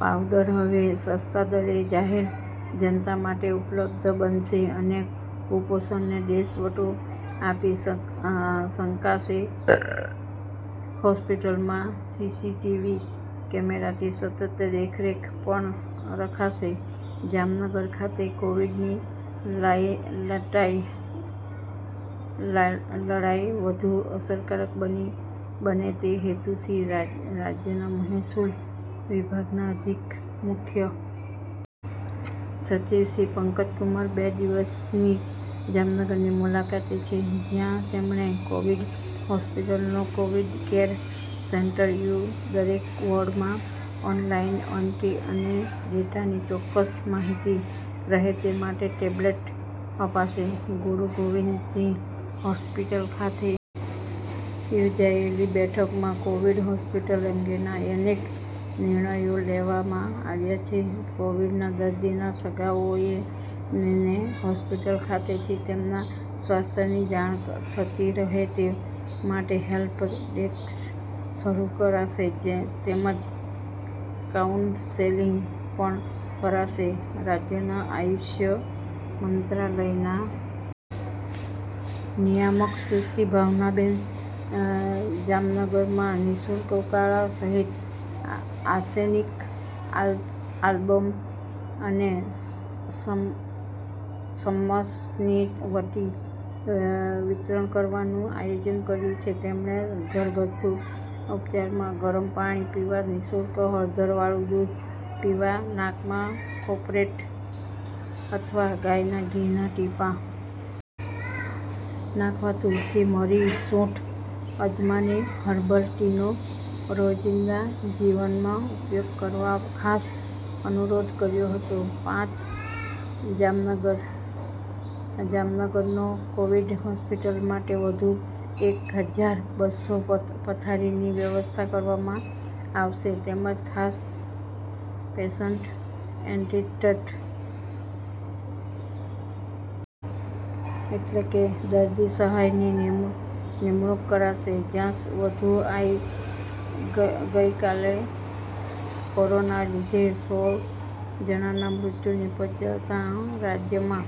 Powder હવે સસ્તા દરે જાહેરજનતા માટે ઉપલબ્ધબનશે અને કુપોષણને દેશવટો આપી શકાશે હોસ્પીટલમાં સીસીટીવી કેમેરાથી સતત દેખરેખ પણ રખાશે જામનગર ખાતે કોવિડની લડાઈ વધુ અસરકારક બને તે હેતુથી રાજ્યના મહેસૂલ વિભાગના અધિક મુખ્ય સચિવ શ્રી પંકજકુમાર બે દિવસની જામનગરની મુલાકાતે છે જ્યાં તેમણે કોવિડ હોસ્પીટલો કોવિડ કેર સેન્ટરો યુ દરેક વોર્ડમાં ઓનલાઈન એન્ટ્રી અને ડેટાની ચોક્કસ માહિતી રહે તે માટે ટેબલેટ અપાશે ગુર ગોવિંદસિંહ હોસ્પીટલ ખાતે યોજાયેલી બેઠકમાં કોવિડ હોસ્પીટલ અંગેના અનેક નિર્ણયો લેવામાં આવ્યા છે કોવિડના દર્દીના સગાઓને હોસ્પીટલ ખાતેથી તેમના સ્વાથ્યની જાણ થતી રહે તે માટે હેલ્પ ડેસ્ક શરૂ કરાશે તેમજ કાઉન્સેલિંગ પણ કરાશે રાજ્યના આયુષ મંત્રાલયના નિયામક સુશ્રી ભાવનાબેને જામનગરમાં નિઃશુલ્ક ઉકાળા સહિત આર્સેનિક આલ્બમ અને શમશની વટીનું વિતરણ કરવાનું આયોજન કર્યું હતું તેમણે ઘરગથ્થુ ઉપાયમાં ગરમ પાણી પીવા નવશેકું હળદરવાળું દૂધ પીવા નાકમાં કોપરેટ અથવા ગાયના ઘીના ટીપા નાખવા તુલસી મરી સૂંઠ અજમાની હર્બલ ટીનો રોજિંદા જીવનમાં ઉપયોગ કરવા ખાસ અનુરોધ કર્યો હતો પાંચ જામનગર જામનગરની કોવિલ હોસ્પિટલ માટે વધુ એક હજાર બસ્સો પથારીની વ્યવસ્થા કરવામાં આવશે તેમજ ખાસ પેશન્ટ એટેન્ડન્ટ એટલે કે દર્દી સહાયકની નિમણૂક કરાશે જ્યાં વધુ આઈ ગઈકાલે કોરોનાના લીધે સોળ જણાના મૃત્યુ નીપજતા રાજ્યમાં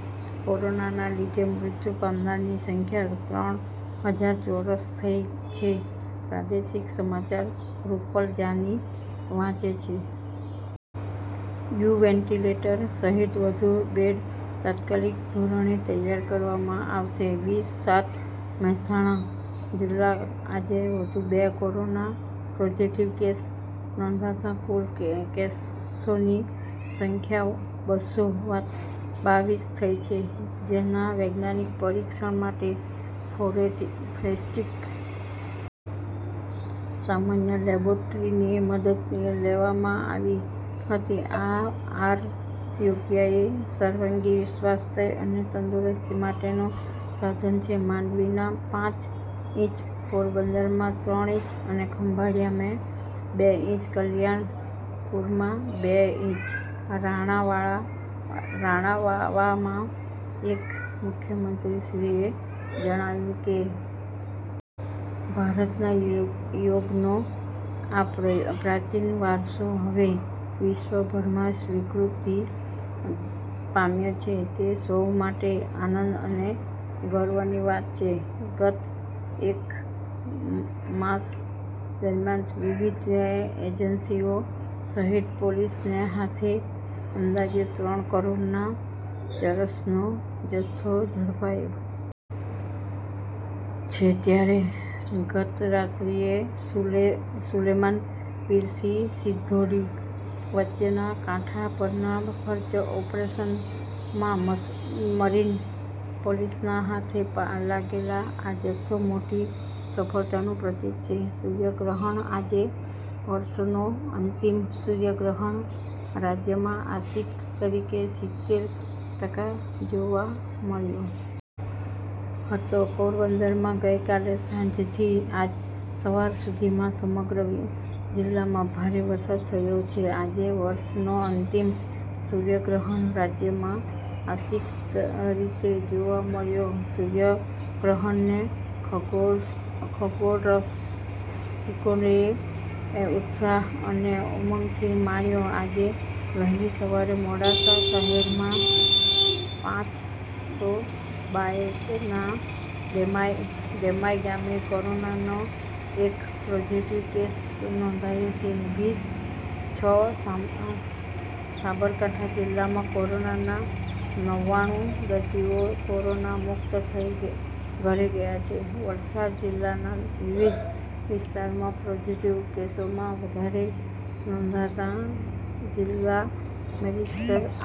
કોરોનાના લીધે મૃત્યુ પામનારની સંખ્યા ત્રણ હજાર ચોસઠ થઈ છે પ્રાદેશિક સમાચાર રૂપલ જાનિ વાંચે છે યુ વેન્ટીલેટર સહિત વધુ બેડ તાત્કાલિક ધોરણે તૈયાર કરવામાં આવશે વીસ સાત મહેસાણા જિલ્લામાં આજે વધુ બે કોરોના પોઝીટીવ કેસ નોંધાતા કુલ કેસોની સંખ્યા બસો બાવીસ થઇ છે જૈના વૈજ્ઞાનિક પરીક્ષણ માટે ફોરેન્સિક સાયન્સ લેબોરેટરીની મદદ લેવામાં આવી હતી આર યોગએ સર્વાગી સ્વાચ્ય અને તંદુરસ્તી માટેનું સાધન છે માંડવીમાં પાંચ ઇંચ પોરબંદરમાં ત્રણ ઇંચ ખંભાળિયામાં બે ઇંચ કલ્યાણપુરમાં બે ઇંચ રાણાવાવામાં એક મુખ્યમંત્રી શ્રીએ જણાવ્યું કે ભારતના યોગનો આ પ્રાચીન વારસો હવે વિશ્વભરમાં સ્વીકૃતિ પામ્યો છે તે સૌ માટે આનંદ અને ગર્વની વાત છે ગત એક માસ દરમિયાન વિવિધ એજન્સીઓ સહિત પોલીસને હાથે અંદાજે ત્રણ કરોડનાં ચરસનો જથ્થો ઝડપાયો છે ત્યારે ગતરાત્રિએ સુલેમાન પીરથી સિંઘોડી વચ્ચેના કાંઠા પરનાં સર્ચ ઓપરેશનમાં મરીન પોલીસના હાથે લાગેલો આ જથ્થો મોટી સફળતાનું પ્રતિક છે સૂર્યગ્રહણ આજે વર્ષનો અંતિમ સૂર્યગ્રહણ રાજ્યમાં આંશિક રીતે સિત્તેર ટકા જોવા મળ્યો હતો પોરબંદરમાં ગઇકાલે સાંજથી આજ સવાર સુધીમાં સમગ્ર જિલ્લામાં ભારે વરસાદ થયો છે આજે વર્ષનો અંતિમ સૂર્યગ્રહણ રાજ્યમાં આંશિક રીતે જોવા મળ્યો સૂર્યગ્રહણને ખગોળરસિકોએ ઉત્સાહ અને ઉમંગથી માણ્યો આજે વહેલી સવારે મોડાસા શહેરમાં પાંચ તો બાયડના ડેમાઈ ગામે કોરોનાનો એક પોઝિટિવ કેસ નોંધાયો છે વીસ છ સાબરકાંઠા જિલ્લામાં કોરોનાના નવ્વાણું દર્દીઓ કોરોના મુક્ત થઈ ઘરે ગયા છે વલસાડ જિલ્લાના વિવિધ વિસ્તારોમાં પોઝીટીવ કેસોમાં વધારો નોંધાતા જિલ્લા મેજીસ્ટ્રેટ આર।